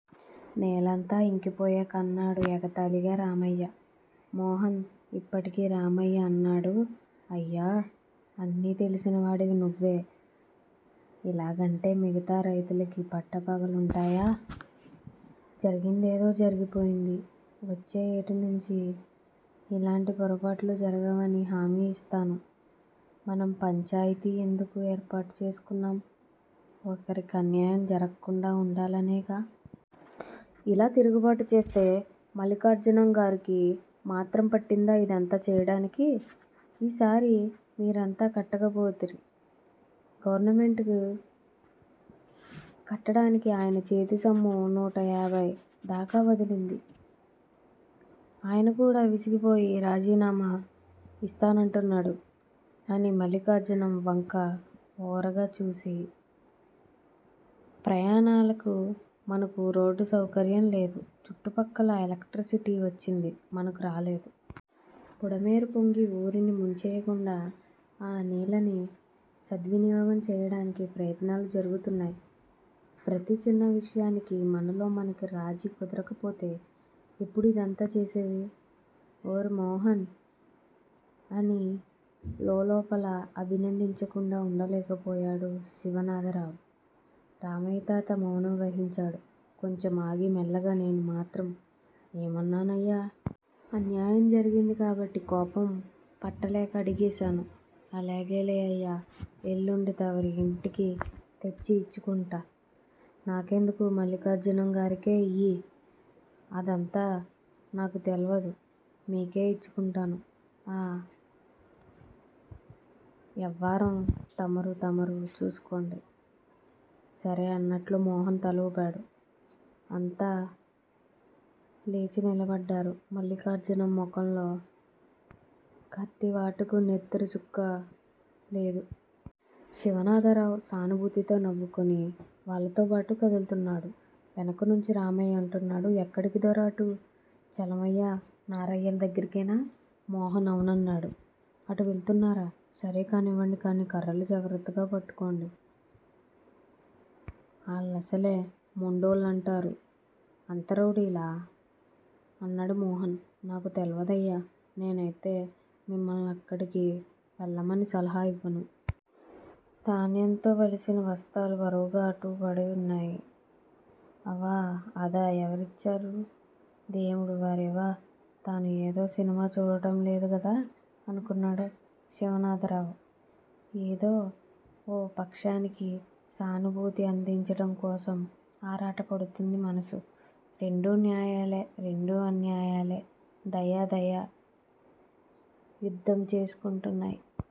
నేలంతా యింకిపోయాక అన్నాడు ఎగతాళిగా రామయ్య. మోహన్ యిప్పటికి రామయ్యా అన్నాడు. అయ్యా! అన్నీ తెలిసినవాడివి నువ్వే యిలాగంటే మిగతా రైతులకి పట్టపగలుంటాయా? జరిగిందేదో జరిగిపోయింది. వచ్చే యేటినుంచి యిలాంటి పొరపాట్లు జరగవని హామీ యిస్తాను. మనం పంచాయితీ ఎందుకు ఏర్పాటు చేసుకున్నాం? ఒకరికి అన్యాయం జరక్కుండా వుండాలనేగా! ఇలా తిరుగుబాటు చేస్తే మల్లిఖార్జునంగారికి మాత్రం పట్టిందా ఇదంతా చేయటానికి? ఈసారి మీరంతా కట్టకపోతిరి గవర్నమెంటుకి కట్టడానికి ఆయనచేతిసొమ్ము నూటయాభయి దాకా వదిలింది. ఆయనకూడా విసిగిపోయి రాజీనామా ఇస్తానంటున్నాడు అని మల్లిఖార్జునం వంక ఓరగా చూసి ప్రయాణాలకు మనకు రోడ్డుసౌకర్యం లేదు. చుట్టుప్రక్కల ఎలక్ట్రిసిటీ వచ్చింది, మనకు రాలేదు. బుడమేరుపొంగి ఊరిని ముంచేయకుండా ఆ నీళ్ళని సద్వినియోగం చేయడానికి ప్రయత్నాలు జరుగుతున్నాయి. ప్రతి చిన్నవిషయానికీ మనలో మనకు రాజీ కుదరకపోతే ఎపుడూ ఇదంతా చేసేదీ? ఓరి మోహన్ అని లోలోపల అభినందించకుండా వుండలేకపోయాడు శివనాథరావు. రామయ్యతాత మౌనం వహించాడు. కొంచెం ఆగి మెల్లగా నేను మాత్రం ఏమన్నానయ్యా? అన్నేయం జరిగింది కాబట్టి కోపం పట్టలేక అడిగేశాను అల్లాగేలే అయ్యా ఎల్లుండి తవరి యింటికి తెచ్చి యిచ్చుకుంటా. నాకెందుకూ? మల్లిఖార్జునంగారికే యియ్యి. అదంతా నాకుతెలవదు. మీకే యిచ్చుకుంటాను. ఆ యవ్వారం తమరూ తమరూ చూసుకోండి. సరే అన్నట్లు మోహన్ తలఊపాడు. అంతా లేచినిలబడ్డారు. మల్లిఖార్జునం ముఖంలో కత్తివాటుకు నెత్తురుచుక్క లేదు. శివనాథరావు సానుభూతితో నవ్వుకుని వాళ్ళతోబాటు కదుల్తున్నాడు. వెనకనుంచి రామయ్య అంటున్నాడు ఎక్కడికి దొరా అటూ? చలమయ్యా, నారయ్యల దగ్గరకేనా? మోహన్ అవు నన్నాడు. అటు వెళ్తున్నారా? సరే కానివ్వండి కానీ కర్రలు జాగ్రత్తగా పట్టుకోండి. ఆళ్ళసలే మొండోళ్ళంటారు. అంత రౌడీలా? అన్నాడు మోహన్. నాకు తెలవదయ్యా నేనైతే మిమ్మల్నాక్కడికి వెళ్ళమని సలహా యివ్వను. ధాన్యంతో బలిసిన బస్తాలు బరువుగా అటు పడివున్నాయి. అవా, అదే. ఎవరిచ్చారు? దేముడు. వారెవా! తాను ఏదో సినిమా చూడటంలేదు గదా అనుకున్నాడు శివనాథరావు. ఏదో ఓ పక్షానికి సానుభూతి అందించటం కోసం ఆరాటపడుతోంది మనసు. రెండూ న్యాయాలే, రెండూ అన్యాయాలే. దయా, దయా యుద్ధం చేసుకుంటున్నాయి.